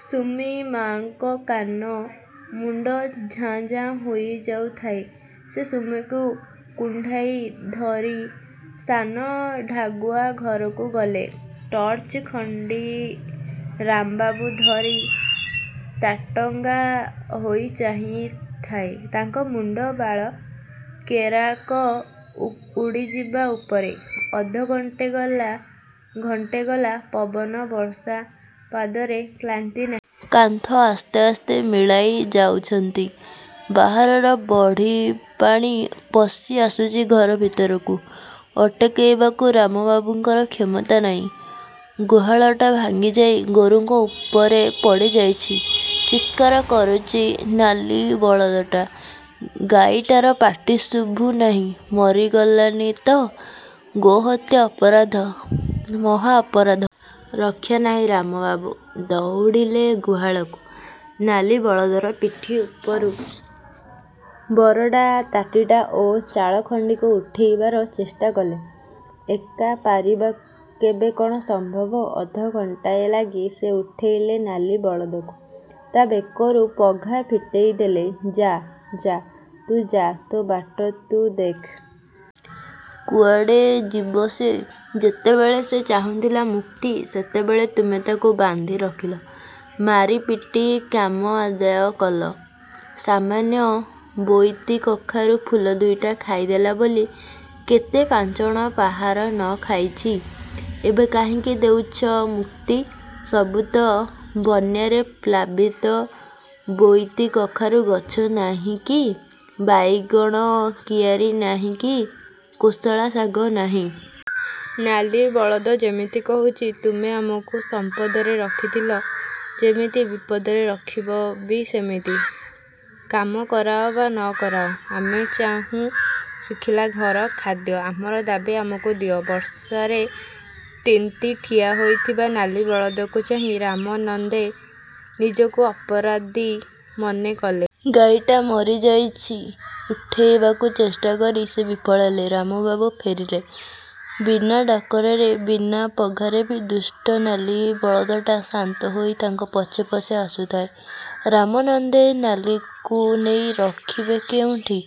ସୁମି-ମା'ଙ୍କ କାନ ମୁଣ୍ଡ ଝାଁ ଝାଁ ହୋଇଯାଉଥାଏ। ସେ ସୁମିକୁ କୁଣ୍ଢାଇ ଧରି ସାନ-ଢାଗୁଆ ଘରକୁ ଗଲେ। ଟର୍ଚ୍ଚ ଖଣ୍ଡି ରାମବାବୁ ଧରି ତାଟଙ୍ଗା ହୋଇ ଚାହିଁଥାଏ। ତାଙ୍କ ମୁଣ୍ଡ ବାଳକେରାକ ଉଡ଼ିଯିବା ଉପରେ। ଅଧଘଣ୍ଟେ ଗଲା, ଘଣ୍ଟେ ଗଲା। ପବନ, ବର୍ଷା ପାଦରେ କ୍ଳାନ୍ତି ନାହିଁ। କାନ୍ଥ ଆସ୍ତେ ଆସ୍ତେ ମିଳାଇ ଯାଉଛନ୍ତି। ବାହାରର ବଢ଼ିପାଣି ପଶି ଆସୁଛି ଘର ଭିତରକୁ। ଅଟକେଇବାକୁ ରାମବାବୁଙ୍କର କ୍ଷମତା ନାହିଁ। ଗୁହାଳଟା ଭାଙ୍ଗିଯାଇ ଗୋରୁଙ୍କ ଉପରେ ପଡ଼ିଯାଇଛି। ଚିତ୍କାର କରୁଚି ନାଲି ବଳଦଟା। ଗାଈଟାର ପାଟି ଶୁଭୁ ନାହିଁ। ମରିଗଲାନି ତ? ଗୋ-ହତ୍ୟା ଅପରାଧ, ମହା ଅପରାଧ। ରକ୍ଷା ନାହିଁ! ରାମବାବୁ ଦଉଡ଼ିଲେ ଗୁହାଳକୁ। ନାଲି ବଳଦର ପିଠି ଉପରୁ ବରଡ଼ା ତାଟିଟା ଓ ଚାଳ ଖଣ୍ଡିକ ଉଠାଇବାର ଚେଷ୍ଟା କଲେ। ଏକା ପାରିବା କେବେ କ'ଣ ସମ୍ଭବ-? ଅଧଘଣ୍ଟାଏ ଲାଗି ସେ ଉଠେଇଲେ ନାଲି ବଳଦକୁ। ତା' ବେକରୁ ପଘା ଫିଟେଇଦେଲେ-। ଯା, ଯା, ତୁ ଯା, ତୋ ବାଟ ତୁ ଦେଖ। କୁଆଡ଼େ ଯିବ ସେ? ଯେତେବେଳେ ସେ ଚାହୁଁଥିଲା ମୁକ୍ତି–ସେତେବେଳେ ତୁମେ ତାକୁ ବାନ୍ଧି ରଖିଲ। ମାରି ପିଟି କାମ ଆଦାୟ କଲ। ସାମାନ୍ୟ ବୋଇତିକଖାରୁ ଫୁଲ ଦୁଇଟା ଖାଇ ଦେଲା ବୋଲି କେତେ ପାଞ୍ଚଣ ପାହାର ନ ଖାଇଛି। ଏବେ କାହିଁକି ଦେଉଚ ମୁକ୍ତି। ସବୁ ତ ବନ୍ୟାରେ ପ୍ଳାବିତ–ବୋଇତିକଖାରୁ ଗଛ ନାହିଁକି, ବାଇଗଣ କିଆରୀ ନାହିଁ କି କୋଶଳା ଶାଗ ନାହିଁ। ନାଲି ବଳଦ ଯେମିତି କହୁଚି–'ତୁମେ ଆମକୁ ସମ୍ପଦରେ ରଖିଥିଲ ଯେମିତି, ବିପଦରେ ରଖିବ ବି ସେମିତି। କାମ କରାଅ ବା ନ କରାଅ। ଆମେ ଚାହୁଁ ଶୁଖିଲା ଘର, ଖାଦ୍ୟ। ଆମର ଦାବୀ, ଆମକୁ ଦିଅ। ' ବର୍ଷାରେ ତିନ୍ତି ଠିଆ ହୋଇଥିବା ନାଲି ବଳଦକୁ ଚାହିଁ ରାମ ନନ୍ଦେ ନିଜକୁ ଅପରାଦୀ ମନେ କଲେ। ଗାଈଟା ମରିଯାଇଛି। ଉଠେଇବାକୁ ଚେଷ୍ଟା କରି ସେ ବିଫଳ ହେଲେ। ରାମବାବୁ ଫେରିଲେ। ବିନା ଡାକରାରେ, ବିନା ପଘାରେ ବି ଦୁଷ୍ଟ ନାଲି ବଳଦଟା ଶାନ୍ତ ହୋଇ ତାଙ୍କ ପଛେ ପଛେ ଆସୁଥାଏ। ରାମ ନନ୍ଦେ ନାଲିକୁ ନେଇ ରଖିବେ କେଉଁଠି?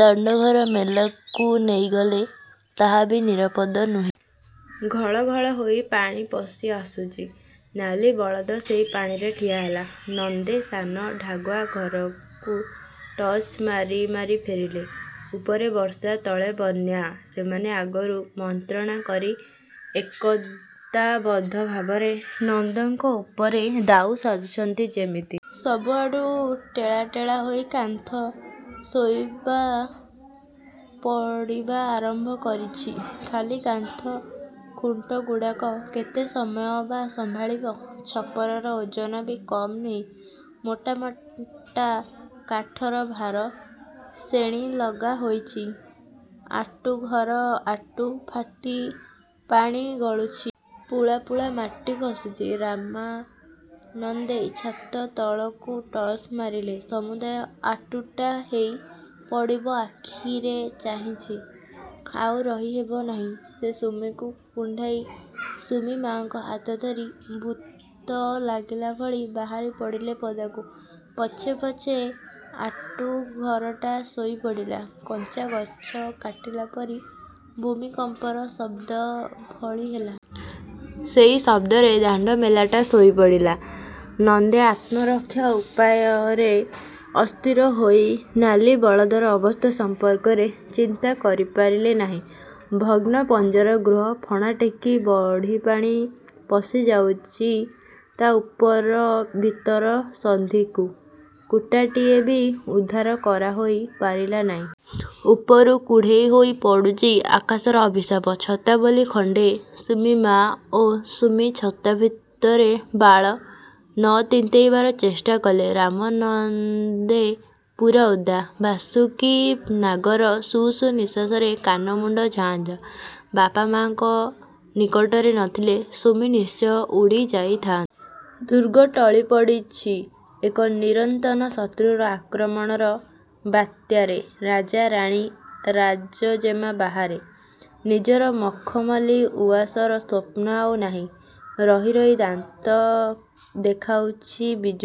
ଦାଣ୍ଡଘର ମେଲାକୁ ନେଇଗଲେ, ତାହା ବି ନିରାପଦ ନୁହେଁ। ଘଳ ଘଳ ହୋଇ ପାଣି ପଶି ଆସୁଚି। ନାଲି ବଳଦ ସେଇ ପାଣିରେ ଠିଆ ହେଲା। ନନ୍ଦେ ସାନ-ଢାଗୁଆ ଘରକୁ ଟର୍ଚ୍ଚ ମାରି ମାରି ଫେରିଲେ। ଉପରେ ବର୍ଷା, ତଳେ ବନ୍ୟା। ସେମାନେ ଆଗରୁ ମନ୍ତ୍ରଣା କରି ଏକତାବଦ୍ଧ ଭାବରେ ନନ୍ଦଙ୍କ ଉପରେ ଦାଉ ସାଧୁଛନ୍ତି ଯେମିତି! ସବୁଆଡ଼ୁ ଟେଳା ଟେଳା ହୋଇ କାନ୍ଥ ଶୋଇବା ପଡ଼ିବା ଆରମ୍ଭ କରିଛି। ଖାଲି କାଠ ଖୁଣ୍ଟଗୁଡାକ କେତେ ସମୟ ବା ସମ୍ଭାଳିବ? ଛପରର ଓଜନ ବି କମ୍ ନୁହେଁ। ମୋଟା ମୋଟା କାଠର ଭାରା, ଶେଣି ଲଗା ହୋଇଛି। ଆଟୁଘର ଆଟୁ ଫାଟି ପାଣି ଗଳୁଛି। ପୁଳା ପୁଳା ମାଟି ଖସୁଛି। ରାମାନନ୍ଦେ ଛାତ ତଳକୁ ଟର୍ଚ୍ଚ ମାରିଲେ। ସମୁଦାୟ ଆଟୁଟା ହେଇ ପଡ଼ିବ ଆଖିରେ ଚାହିଁଛି। ଆଉ ରହି ହେବ ନାହିଁ। ସେ ସୁମିକୁ କୁଣ୍ଢାଇ, ସୁମି ମା'ଙ୍କ ହାତ ଧରି ଭୂତ ଲାଗିଲା ଭଳି ବାହାରି ପଡ଼ିଲେ ପଦାକୁ। ପଛେ ପଛେ ଆଟୁଘରଟା ଶୋଇ ପଡ଼ିଲା କଞ୍ଚା ଗଛ କାଟିଲା ପରି, ଭୂମିକମ୍ପର ଶବ୍ଦ ଭଳି ହେଲା। ସେଇ ଶବ୍ଦରେ ଦାଣ୍ଡ ମେଲାଟା ଶୋଇ ପଡ଼ିଲା। ନନ୍ଦେ ଆତ୍ମରକ୍ଷା ଉପାୟରେ ଅସ୍ଥିର ହୋଇ ନାଲିବଳଦର ଅବସ୍ଥା ସମ୍ପର୍କରେ ଚିନ୍ତା କରିପାରିଲେ ନାହିଁ। ଭଗ୍ନ-ପଞ୍ଜର ଗୃହ, ଫଣା ଟେକି ବଢ଼ିପାଣି ପଶି ଯାଉଚି ତା' ଉପର ଭିତର ସନ୍ଧିକୁ। କୁଟାଖିଏ ବି ଉଦ୍ଧାର କରା ହୋଇ ପାରିଲା ନାଇଁ। ଉପରୁ କୁଢ଼େଇ ହୋଇ ପଡ଼ୁଚି ଆକାଶର ଅଭିଶାପ। ଛତା ବୋଲି ଖଣ୍ଡେ। ସୁମି-ମା ଓ ସୁମି ଛତା ଭିତରେ ବାଳ ନ ତିନ୍ତେଇବାର ଚେଷ୍ଟା କଲେ। ରାମ ନନ୍ଦେ ପୂରା ଓଦା। ବାସୁକୀ ନାଗର ସୁ ସୁ ନିଃଶ୍ୱାସରେ କାନମୁଣ୍ଡ ଝାଁ ଝାଁ। ବାପା-ମାଙ୍କ ନିକଟରେ ନ ଥିଲେ ସୁମି ନିଶ୍ଚୟ ଉଡ଼ି ଯାଇଥାନ୍ତା। ଦୁର୍ଗ ଟଳି ପଡ଼ିଛି ଏକ ଚିରନ୍ତନ ଶତ୍ରୁର ଆକ୍ରମଣର ବାତ୍ୟାରେ। ରାଜା, ରାଣୀ, ରାଜଜେମା ବାହାରେ। ନିଜର ମଖମଲି ଉଆସର ସ୍ୱପ୍ନ ଆଉ ନାହିଁ। ରହି ରହି ଦାନ୍ତ ଦେଖାଉଛି ବିଜୁଳି।